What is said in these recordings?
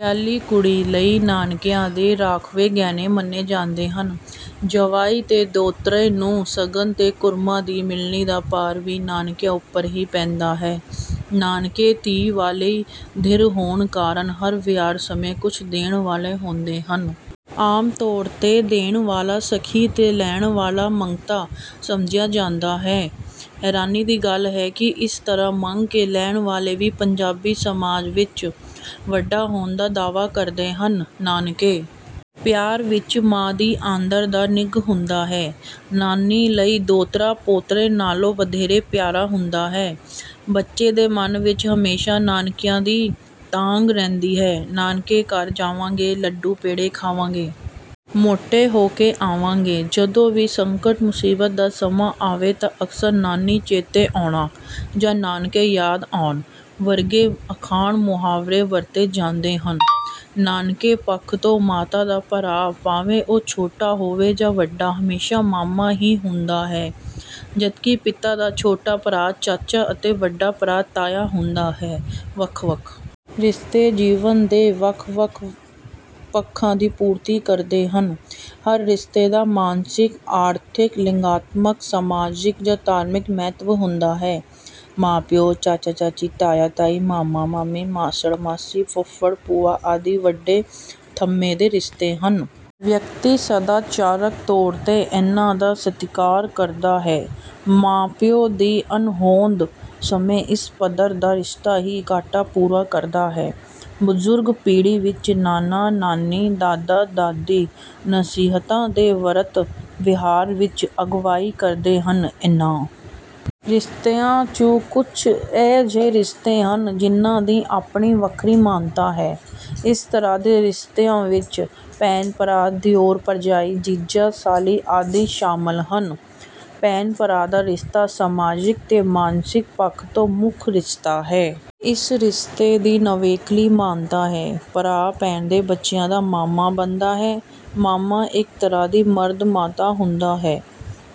ਵਿਆਹੁਲੀ ਕੁੜੀ ਲਈ ਨਾਨਕਿਆਂ ਦੇ ਰਾਂਖਵੇਂ ਗਹਿਣੇ ਮੰਨੇ ਜਾਂਦੇ ਹਨ। ਜਵਾਈ ਤੇ ਦੋਹਤਰੇ ਨੂੰ ਸ਼ਗਨ ਤੇ ਕੁੜਮਾ ਦੀ ਮਿਲਣੀ ਦਾ ਭਾਰ ਵੀ ਨਾਨਕਿਆਂ ਉੱਪਰ ਹੀ ਪੈਂਦਾ ਹੈ। ਨਾਨਕੇ ਧੀ ਵਾਲੀ ਧਿਰ ਹੋਣ ਕਾਰਨ ਹਰ ਵਿਹਾਰ ਸਮੇਂ ਕੁਝ ਦੇਣ ਵਾਲੇ ਹੁੰਦੇ ਹਨ। ਆਮ ਤੌਰ ਤੇ ਦੇਣ ਵਾਲਾ ਸਖੀ ਤੇ ਲੈਣ ਵਾਲਾ ਮੰਗਤਾ ਸਮਝਿਆ ਜਾਂਦਾ ਹੈ। ਹੈਰਾਨੀ ਦੀ ਗੱਲ ਹੈ ਕਿ ਇਸ ਤਰ੍ਹਾਂ ਮੰਗ ਕੇ ਲੈਣ ਵਾਲੇ ਵੀ ਪੰਜਾਬੀ ਸਮਾਜ ਵਿਚ ਵੱਡਾ ਹੋਣ ਦਾ ਦਾਅਵਾ ਕਰਦੇ ਹਨ। ਨਾਨਕੇ ਪਿਆਰ ਵਿਚ ਮਾਂ ਦੀ ਆਂਦਰ ਦਾ ਨਿੱਘ ਹੁੰਦਾ ਹੈ। ਨਾਨੀ ਲਈ ਦੋਹਤਰਾ ਪੋਤਰੇ ਨਾਲੋਂ ਵਧੇਰੇ ਪਿਆਰਾ ਹੁੰਦਾ ਹੈ। ਬੱਚੇ ਦੇ ਮਨ ਵਿਚ ਹਮੇਸ਼ਾ ਨਾਨਕਿਆਂ ਦੀ ਤਾਂਘ ਰਹਿੰਦੀ ਹੈ:"ਨਾਨਕੇ ਘਰ ਜਾਵਾਂਗੇ। ਲੱਡੂ ਪੇੜੇ ਖਾਵਾਂਗੇ। ਮੋਟੇ ਹੋ ਕੇ ਆਵਾਂਗੇ।"ਜਦੋਂ ਵੀ ਸੰਕਟ-ਮੁਸੀਬਤ ਦਾ ਸਮਾਂ ਆਵੇ ਤਾਂ ਅਕਸਰ 'ਨਾਨੀ ਚੇਤੇ ਆਉਣਾ' ਜਾਂ 'ਨਾਨਕੇ ਯਾਦ ਆਉਣ' ਵਰਗੇ ਅਖਾਣ-ਮੁਹਾਵਰੇ ਵਰਤੇ ਜਾਂਦੇ ਹਨ। ਨਾਨਕੇ ਪੱਖ ਤੋਂ ਮਾਤਾ ਦਾ ਭਰਾ, ਭਾਵੇਂ ਉਹ ਛੋਟਾ ਹੋਵੇ ਜਾਂ ਵੱਡਾ, ਹਮੇਸ਼ਾ ਮਾਮਾ ਹੀ ਹੁੰਦਾ ਹੈ; ਜਦਕਿ ਪਿਤਾ ਦਾ ਛੋਟਾ ਭਰਾ ਚਾਚਾ ਅਤੇ ਵੱਡਾ ਭਰਾ ਤਾਇਆ ਹੁੰਦਾ ਹੈ। ਵੱਖ-ਵੱਖ ਰਿਸ਼ਤੇ ਜੀਵਨ ਦੇ ਵੱਖ-ਵੱਖ ਪੱਖਾਂ ਦੀ ਪੂਰਤੀ ਕਰਦੇ ਹਨ। ਹਰ ਰਿਸ਼ਤੇ ਦਾ ਮਾਨਸਿਕ, ਆਰਥਿਕ, ਲਿੰਗਾਤਮਕ, ਸਮਾਜਿਕ ਜਾਂ ਧਾਰਮਿਕ ਮਹੱਤਵ ਹੁੰਦਾ ਹੈ। ਮਾਂ-ਪਿਓ, ਚਾਚਾ-ਚਾਚੀ, ਤਾਇਆ-ਤਾਈ, ਮਾਮਾ-ਮਾਮੀ, ਮਾਸੜ-ਮਾਸੀ, ਫੁੱਫੜ-ਭੂਆ ਆਦਿ ਵੱਡੇ ਥੰਮ੍ਹੇ ਦੇ ਰਿਸ਼ਤੇ ਹਨ। ਵਿਅਕਤੀ ਸਦਾਚਾਰਕ ਤੌਰ ਤੇ ਇਹਨਾਂ ਦਾ ਸਤਿਕਾਰ ਕਰਦਾ ਹੈ। ਮਾਂ-ਪਿਓ ਦੀ ਅਣਹੋਂਦ ਸਮੇਂ ਇਸ ਪੱਧਰ ਦਾ ਰਿਸ਼ਤਾ ਹੀ ਘਾਟਾ ਪੂਰਾ ਕਰਦਾ ਹੈ। ਬਜ਼ੁਰਗ ਪੀੜ੍ਹੀ ਵਿਚ ਨਾਨਾ-ਨਾਨੀ, ਦਾਦਾ-ਦਾਦੀ ਨਸੀਹਤਾਂ ਤੇ ਵਰਤ-ਵਿਹਾਰ ਵਿਚ ਅਗਵਾਈ ਕਰਦੇ ਹਨ। ਇਹਨਾਂ ਰਿਸ਼ਤਿਆਂ 'ਚੋਂ ਕੁਝ ਇਕ ਅਜਿਹੇ ਰਿਸ਼ਤੇ ਹਨ ਜਿਨ੍ਹਾਂ ਦੀ ਆਪਣੀ ਵੱਖਰੀ ਮਹਾਨਤਾ ਹੈ। ਇਸ ਤਰ੍ਹਾਂ ਦੇ ਰਿਸ਼ਤਿਆਂ ਵਿਚ ਭੈਣ-ਭਰਾ, ਦਿਓਰ-ਭਰਜਾਈ, ਜੀਜਾ-ਸਾਲੀ ਆਦਿ ਸ਼ਾਮਿਲ ਹਨ। ਭੈਣ-ਭਰਾ ਦਾ ਰਿਸ਼ਤਾ ਸਮਾਜਿਕ ਤੇ ਮਾਨਸਿਕ ਪੱਖ ਤੋਂ ਮੁੱਖ ਰਿਸ਼ਤਾ ਹੈ। ਇਸ ਰਿਸ਼ਤੇ ਦੀ ਨਿਵੇਕਲੀ ਮਹਾਨਤਾ ਹੈ। ਭਰਾ ਭੈਣ ਦੇ ਬੱਚਿਆਂ ਦਾ ਮਾਮਾ ਬਣਦਾ ਹੈ ਮਾਮਾ ਇਕ ਤਰ੍ਹਾਂ ਦੀ 'ਮਰਦ ਮਾਤਾ' ਹੁੰਦਾ ਹੈ।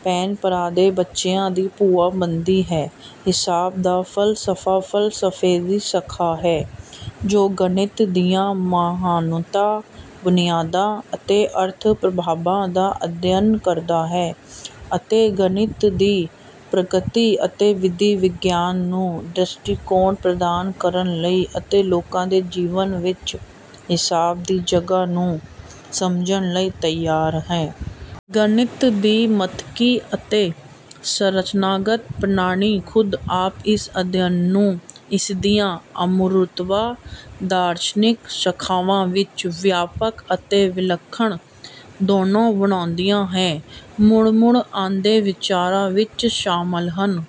ਭੈਣ ਭਰਾ ਦੇ ਬੱਚਿਆਂ ਦੀ ਭੂਆ ਬਣਦੀ ਹੈ। ਹਿਸਾਬ ਦਾ ਫ਼ਲਸਫ਼ਾ, ਫ਼ਲਸਫ਼ੇ ਦੀ ਸ਼ਾਖਾ ਹੈ ਜੋ ਗਣਿਤ ਦੀਆਂ ਮਨੌਤਾਂ, ਬੁਨਿਆਦਾਂ ਅਤੇ ਅਰਥ-ਪ੍ਰਭਾਵਾਂ ਦਾ ਅਧਿਐਨ ਕਰਦਾ ਹੈ ਅਤੇ ਗਣਿਤ ਦੀ ਪ੍ਰਕ੍ਰਿਤੀ ਅਤੇ ਵਿਧੀ-ਵਿਗਿਆਨ ਨੂੰ ਦ੍ਰਿਸ਼ਟੀਕੋਣ ਪ੍ਰਦਾਨ ਕਰਨ ਲਈ ਅਤੇ ਲੋਕਾਂ ਦੇ ਜੀਵਨ ਵਿੱਚ ਹਿਸਾਬ ਦੀ ਜਗ੍ਹਾ ਨੂੰ ਸਮਝਣ ਲਈ ਤਿਆਰ ਹੈ। ਗਣਿਤ ਦੀ ਮੰਤਕੀ ਅਤੇ ਸੰਰਚਨਾਗਤ ਪ੍ਰਣਾਲੀ ਖ਼ੁਦ ਆਪ ਇਸ ਅਧਿਐਨ ਨੂੰ ਇਸਦੀਆਂ ਹਮਰੁਤਬਾ ਦਾਰਸ਼ਨਿਕ ਸ਼ਾਖਾਵਾਂ ਵਿਚ ਵਿਆਪਕ ਅਤੇ ਵਿਲੱਖਣ ਦੋਨੋਂ ਬਣਾਉਂਦੀ ਹੈ। ਮੁੜ-ਮੁੜ ਆਉਂਦੇ ਵਿਚਾਰਾਂ ਵਿੱਚ ਸ਼ਾਮਲ ਹਨ:...